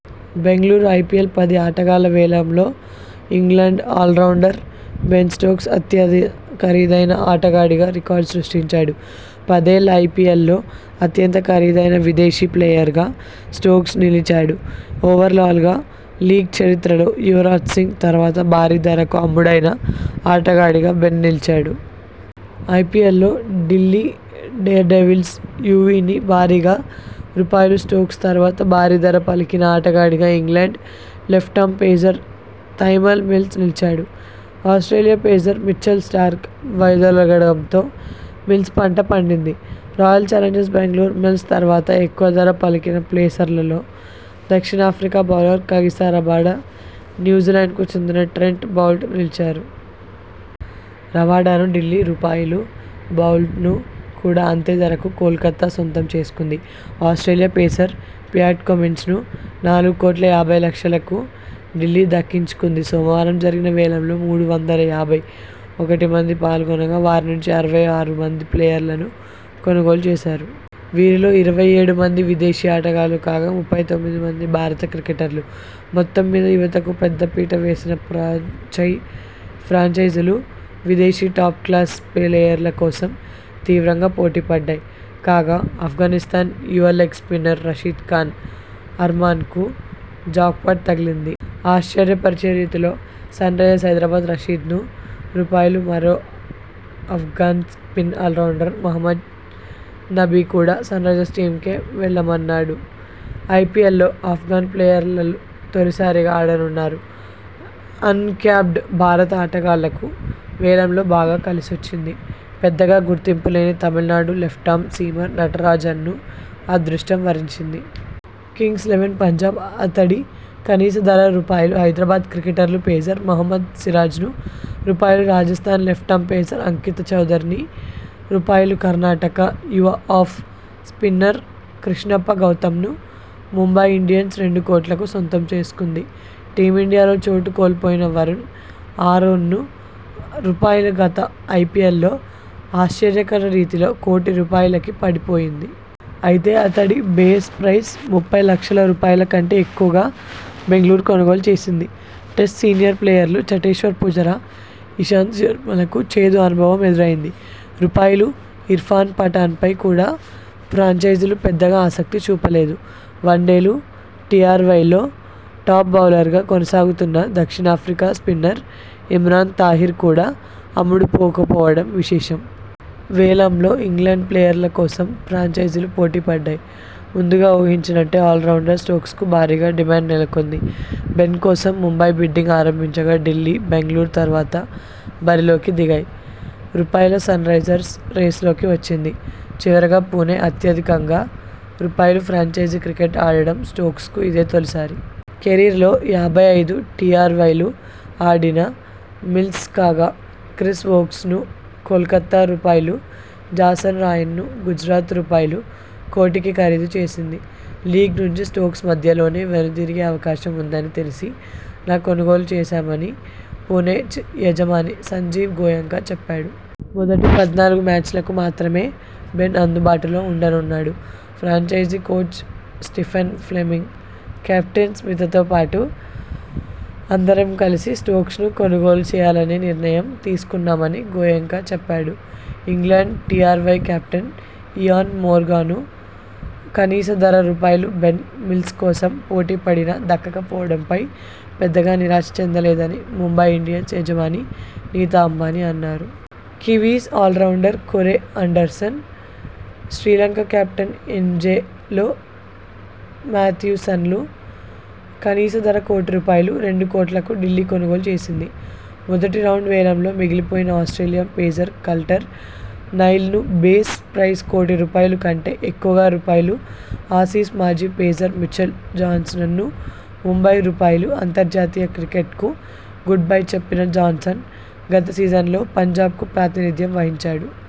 Bengaluru IPL పది ఆటగాళ్ల వేలంలో ఇంగ్లండ్ ఆల్రౌండర్ బెన్ స్టోక్స్ అత్యంత ఖరీదైన ఆటగాడిగా రికార్డు సృష్టించాడు. పదేళ్ల ఐపీఎల్లో అత్యంత ఖరీదైన విదేశీ ప్లేయర్గా స్టోక్స్ నిలిచాడు. ఓవరాల్గా లీగ్ చరిత్రలో యువరాజ్ సింగ్ తర్వాత భారీ ధరకు అమ్ముడైన ఆటగాడిగా బెన్ నిలిచాడు. ఐపీఎల్లో ఢిల్లీ డేర్డెవిల్స్ యువీని భారీగా రూపాయలు స్టోక్స్ తర్వాత భారీ ధర పలికిన ఆటగాడిగా England left arm pacer Tymal Mills నిలిచాడు. ఆస్ట్రేలియా పేసర్ మిచెల్ స్టార్క్ వైదొలగడంతో మిల్స్ పంట పడింది. రాయల్ చాలెంజర్స్ బెంగళూరు మిల్స్ తర్వాత ఎక్కువ ధర పలికిన పేసర్లలో దక్షిణాఫ్రికా బౌలర్ కగిసొ రబాడ, న్యూజిలాండ్కు చెందిన ట్రెంట్ బౌల్ట్ నిలిచారు. రబాడను ఢిల్లీ రూపాయలు బౌల్ట్ను కూడా అంతే ధరకు కోల్కతా సొంతం చేసుకుంది. ఆస్ట్రలియా పేసర్ ప్యాట్ కమిన్స్ను నాలుగు కోట్ల యబ్బై లక్షలకు ఢిల్లీ దక్కించుకుంది. సోమవారం జరిగిన వేలంలో మూడు వందల యాభై ఒకటి మంది పాల్గొనగా, వారి నుంచి అరవై ఆరు మంది ప్లేయర్లను కొనుగోలు చేశారు. వీరిలో ఇరవై ఏడు మంది విదేశీ ఆటగాళ్లు కాగా, ముప్పై తొమ్మిది మంది భారత క్రికెటర్లు. మొత్తం మీద యువతకు పెద్ద పీట వేసిన ఫ్రాంచైజీలు విదేశీ టాప్ క్లాస్ ప్లేయర్ల కోసం తీవ్రంగా పోటీ పడ్డాయి. కాగా, అఫ్ఘానిస్థాన్ యువ లెగ్ స్పిన్నర్ రషీద్ ఖాన్ అర్మాన్కు జాక్పాట్ తగిలింది. ఆశ్చర్యపరిచే రీతిలో సన్రైజర్స్ హైదరాబాద్ రషీద్ను రూపాయలు మరో అఫ్ఘాన్ స్పిన్ ఆల్రౌండర్ మహమ్మద్ నబి కూడా సన్రైజర్స్ టీమ్లోకే వెళ్లనున్నాడు. ఐపీఎల్లో అఫ్ఘాన్ ప్లేయర్లు తొలిసారిగా ఆడనున్నారు. అన్ క్యాప్డ్ భారత ఆటగాళ్లకు వేలంలో బాగా కలిసొచ్చింది. పెద్దగా గుర్తింపులేని తమిళనాడు లెఫ్టామ్ సీమర్ నటరాజన్ను అదృష్టం వరించింది. కింగ్స్ లెవన్ పంజాబ్ అతడి కనీస ధర రూపాయలు హైదరాబాద్ క్రికెటర్లు పేసర్ మహమ్మద్ సిరాజ్ను రూపాయలు రాజస్థాన్ లెఫ్టామ్ పేసర్ అంకిత చౌదరి ని రూపాయలు కర్ణాటక యువ ఆఫ్ స్పిన్నర్ కృష్ణప్ప గౌతమ్ను ముంబై ఇండియన్స్ రెండు కోట్లకు సొంతం చేసుకుంది. టీమిండియాలో చోటు కోల్పోయిన వరుణ్ ఆరోన్ను రూపాయలు గత ఐపీఎల్లో ఆశ్చర్యకర రీతిలో కోటి రూపాయలకి పడిపోయింది. అయితే అతడి బేస్ ప్రైస్ ముప్పై లక్షల రూపాయలు కంటే ఎక్కువగా బెంగళూరు కొనుగోలు చేసింది. టెస్ట్ సీనియర్ ప్లేయర్లు చటేశ్వర్ పుజరా, ఇషాంత శర్మలకు చేదు అనుభవం ఎదురైంది. రూపాయలు ఇర్ఫాన్ పఠాన్పై కూడా ఫ్రాంచైజీలు పెద్దగా ఆసక్తి చూపలేదు. వన్డేలు, టీఇరవైల్లో టాప్ బౌలర్ గా కొనసాగుతున్న దక్షిణాఫ్రికా స్పిన్నర్ ఇమ్రాన్ తాహిర్ కూడా అమ్ముడుపోకపోవడం విశేషం. వేలంలో ఇంగ్లండ్ ప్లేయర్ల కోసం ఫ్రాంచైజీలు పోటీపడ్డాయి. ముందుగా ఊహించినట్టే ఆల్రౌండర్ స్టోక్స్కు భారీగా డిమాండ్ నెలకొంది. బెన్ కోసం ముంబై బిడ్డింగ్ ఆరంభించగా ఢిల్లీ, బెంగళూరు తర్వాత బరిలోకి దిగాయి. రూపాయలు సన్రైజర్స్ రేస్లోకి వచ్చింది. చివరగా పుణె అత్యధికంగా రూపాయలు ఫ్రాంచైజీ క్రికెట్ ఆడడం స్టోక్స్కు ఇదే తొలిసారి. కెరీర్లో యాభై ఐదు టీఇరవైలు ఆడిన మిల్స్ కాగా, క్రిస్ వోక్స్ను కోల్కతా రూపాయలు జాసన్ రాయ్ను గుజరాత రూపాయలు కోటికి ఖరీదు చేసింది. లీగ్ నుంచి స్టోక్స్ మధ్యలోనే వెనుదిరిగే అవకాశం ఉందని తెలిసి నా కొనుగోలు చేశామని పుణె యజమాని సంజీవ్ గోయెంకా చెప్పాడు. మొదటి పద్నాలుగు మ్యాచ్లకు మాత్రమే బెన్ అందుబాటులో ఉండనున్నాడు. Franchise coach Stephen Fleming, captain స్మితతోపాటు అందరం కలిసి స్టోక్స్ను కొనుగోలు చేయాలనే నిర్ణయం తీసుకున్నామని గోయెంకా చెప్పా డు. ఇంగ్లండ్ టీఇరవై కెప్టెన్ ఇయాన్ మోర్గాన్ను కనీస ధర రూపాయలు బెన్, మిల్స్ కోసం పోటీపడినా దక్కక పోవడంపై పెద్దగా నిరాశ చెందలేదని ముంబై ఇండియన్స్ యజమాని నీతా అంబానీ అన్నారు. కివీస్ ఆల్రౌండర్ కోరె అండర్సన్, శ్రీలంక కెప్టెన్ ఏంజె లో మాథ్యూస్లను కనీస ధర కోటి రూపాయలు, రెండు కోట్లకు ఢిల్లీ కొనుగోలు చేసింది. మొదటి రౌండ్ వేలంలో మిగిలిపోయిన ఆస్ట్రేలియా పేసర్ కల్టర్ నైల్ను బేస్ ప్రైస్ కోటి రూపాయలు కంటే ఎక్కువగా రూపాయలు ఆసీస్ మాజీ పేసర్ మిచెల్ జాన్సన్ను ముంబై రూపాయలు అంతర్జాతీయ క్రికెట్కు గుడ్బై చెప్పిన జాన్సన్ గత సీజన్లో పంజాబ్కు ప్రాతినిధ్యం వహించాడు.